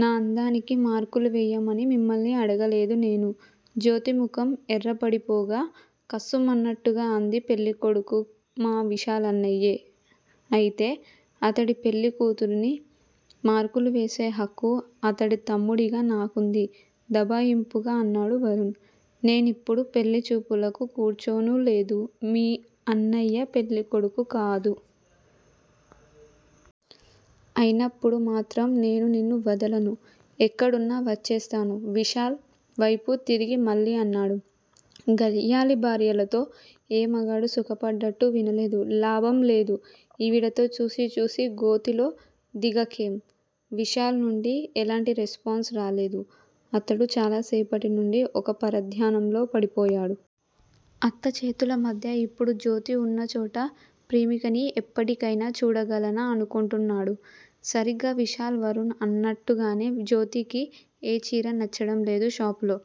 నా అందానికి మార్కులు వెయ్యమని మిమ్మల్ని అడగలేదు నేను. జ్యోతి ముఖం ఎర్రబడిపోగా కస్సుమన్నట్టుగా అంది. పెళ్ళికొడుకు మా విశాల్ అన్నయ్యే అయితే అతడి పెళ్ళి కూతురికి మార్కులు వేసే హక్కు అతడి తమ్ముడిగా నాకుంది! దబాయింపుగా అన్నాడు వరుణ్. నేనిప్పుడు పెళ్ళిచూపులకు కూర్చోనూలేదు! మీ అన్నయ్య పెళ్ళి కొడుకూ కాదు! అయినప్పుడు మాత్రం నేను నిన్ను వదలను! ఎక్కడున్నా వచ్చేస్తాను! విశాల్ వైపు తిరిగి మళ్ళీ అన్నాడు. గయ్యాళి భార్యలతో ఏ మగాడూ సుఖపడ్డట్టు వినలేదు! లాభంలేదు ఈవిడతో. చూసిచూసి గోతిలో దిగకేం? విశాల్ నుండి ఎలాంటి రెస్పాన్స్ రాలేదు. అతడు చాలాసేపటి నుండి ఒక పరధ్యానంలో పడిపోయాడు. అత్త చేతులమధ్య ఇప్పుడు జ్యోతి ఉన్నచోట ప్రేమికని ఎప్పటికైనా చూడగలనా అనుకొంటున్నాడు. సరిగా విశాల్, వరుణ్ అన్నట్టుగానే జ్యోతికి ఏ చీరా నచ్చడంలేదు షాపులో.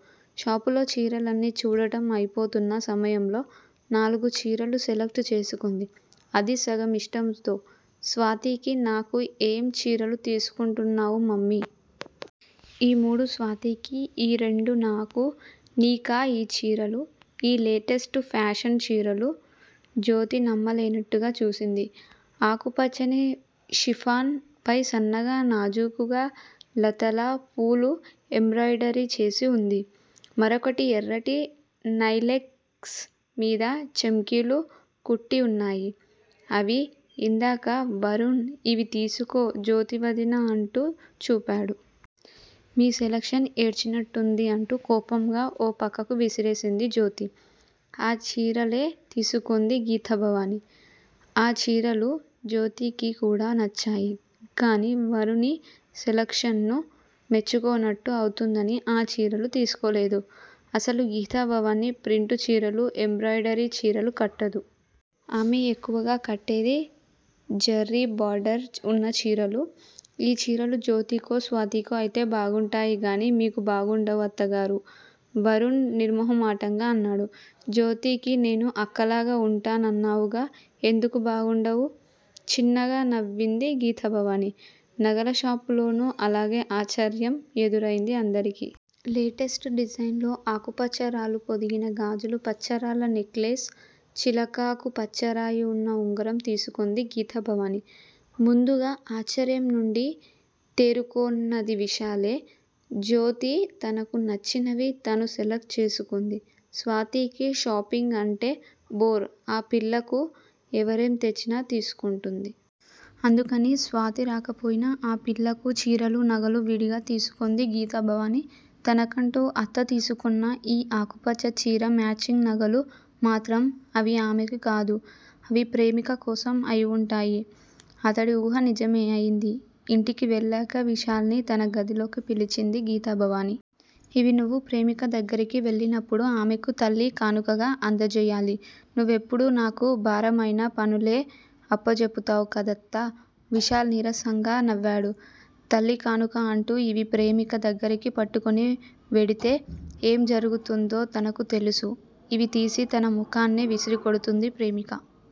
షాపులో చీరలన్నీ చూడడం అయిపోతున్న సమయంలో నాలుగు చీరలు సెలెక్ట్ చేసుకొంది. అదీ సగం ఇష్టంతో. స్వాతికీ, నాకూ ఏం చీరలు తీసుకొంటున్నావు, మమ్మీ? ఈ మూడు స్వాతికి, ఈ రెండు నాకూ! నీకా ఈ చీరలు? ఈ లేటెస్ట్ ఫాషన్ చీరలు? జ్యోతి నమ్మలేనట్టుగా చూసింది. ఆకుపచ్చని షిపాన్ పై సన్నగా, నాజూకుగా లతలా, పూలూ ఎంబ్రాయిడరీచేసి ఉంది! మరొకటి ఎర్రటి నైలెక్స్ మీద చెమ్కీలు కుట్టిఉన్నాయి! అవి ఇందాకా వరుణ్, ఇవి తీసుకో, జ్యోతి వదినా అంటూ చూపాడు. మీ సెలెక్షన్ ఏడ్చినట్టుంది! అంటూ కోపంగా ఓ ప్రక్కకు విసిరేసింది జ్యోతి. ఆ చీరలే తీసుకొంది గీతాభవాని. ఆ చీరలు జ్యోతికికూడా నచ్చాయి గాని వరుణి సెలెక్షన్ ను మెచ్చుకొన్నట్టు అవుతుందని ఆ చీరలు తీసుకోలేదు! అసలు గీతాభవాని ప్రింటు చీరలు, ఎంబ్రాయిడరీ చీరలు కట్టదు! ఆమె ఎక్కువగా కట్టేది జరీ బార్డర్ ఉన్న చీరలు! ఈ చీరలు జ్యోతికో, స్వాతికో అయితే బాగుంటాయిగాని మీకు బాగుండవు, అత్తగారూ! వరుణ్ నిర్మొహమాటంగా అన్నాడు. జ్యోతికి నేను అక్కలాగే ఉంటా నన్నావుగా? ఎందుకు బాగుండవు? చిన్నగా నవ్వింది గీతాభవాని. నగలషాపులోనూ అలాగే ఆశ్చర్యం ఎదురైంది అందరికీ. లేటెస్ట్ డిజైన్ లో ఆకుపచ్చరాళ్ళు పొదిగిన గాజులు, పచ్చరాళ్ళ నెక్లెస్, చిలకాకు పచ్చరాయి ఉన్న ఉంగరం తీసుకొంది గీతాభవాని. ముందుగా ఆశ్చర్యం నుండి తేరుకొన్నది విశాలే! జ్యోతి తనకు నచ్చినవి తను సెలెక్ట్ చేసుకొంది. స్వాతికి షాపింగ్ అంటే బోర్. ఆ పిల్లకు ఎవరేం తెచ్చినా తీసుకొంటుంది. అందుకని, స్వాతి రాకపోయినా ఆ పిల్లకు చీరలు, నగలు విడిగా తీసుకొంది గీతాభవాని. తనకంటూ అత్తతీసుకొన్న ఈ ఆకుపచ్చ చీరా, మ్యాచింగ్ నగలు మాత్రం అవి ఆమెకు కాదు! అవి ప్రేమిక కోసం అయివుంటాయి! అతడి ఊహ నిజమే అయింది. ఇంటికి వెళ్ళాక విశాల్ ని తన గదిలోకి పిలిచింది గీతాభవాని. ఇవి నువ్వు ప్రేమిక దగ్గరికి వెళ్ళినప్పుడు ఆమెకు తల్లి కానుకగా అంధజేయాలి! నువ్వెప్పుడూ నాకు భారమైన పనులే అప్పజెప్పుతావు కదత్తా! విశాల్ నీరసంగా నవ్వాడు తల్లి కానుక అంటూ ఇవి ప్రేమిక దగ్గరికి పట్టుకు వెడితే ఏం జరుగుతుందో తనకు తెలుసు. ఇవి తీసి తన ముఖానే విసిరికొడుతుంది ప్రేమిక.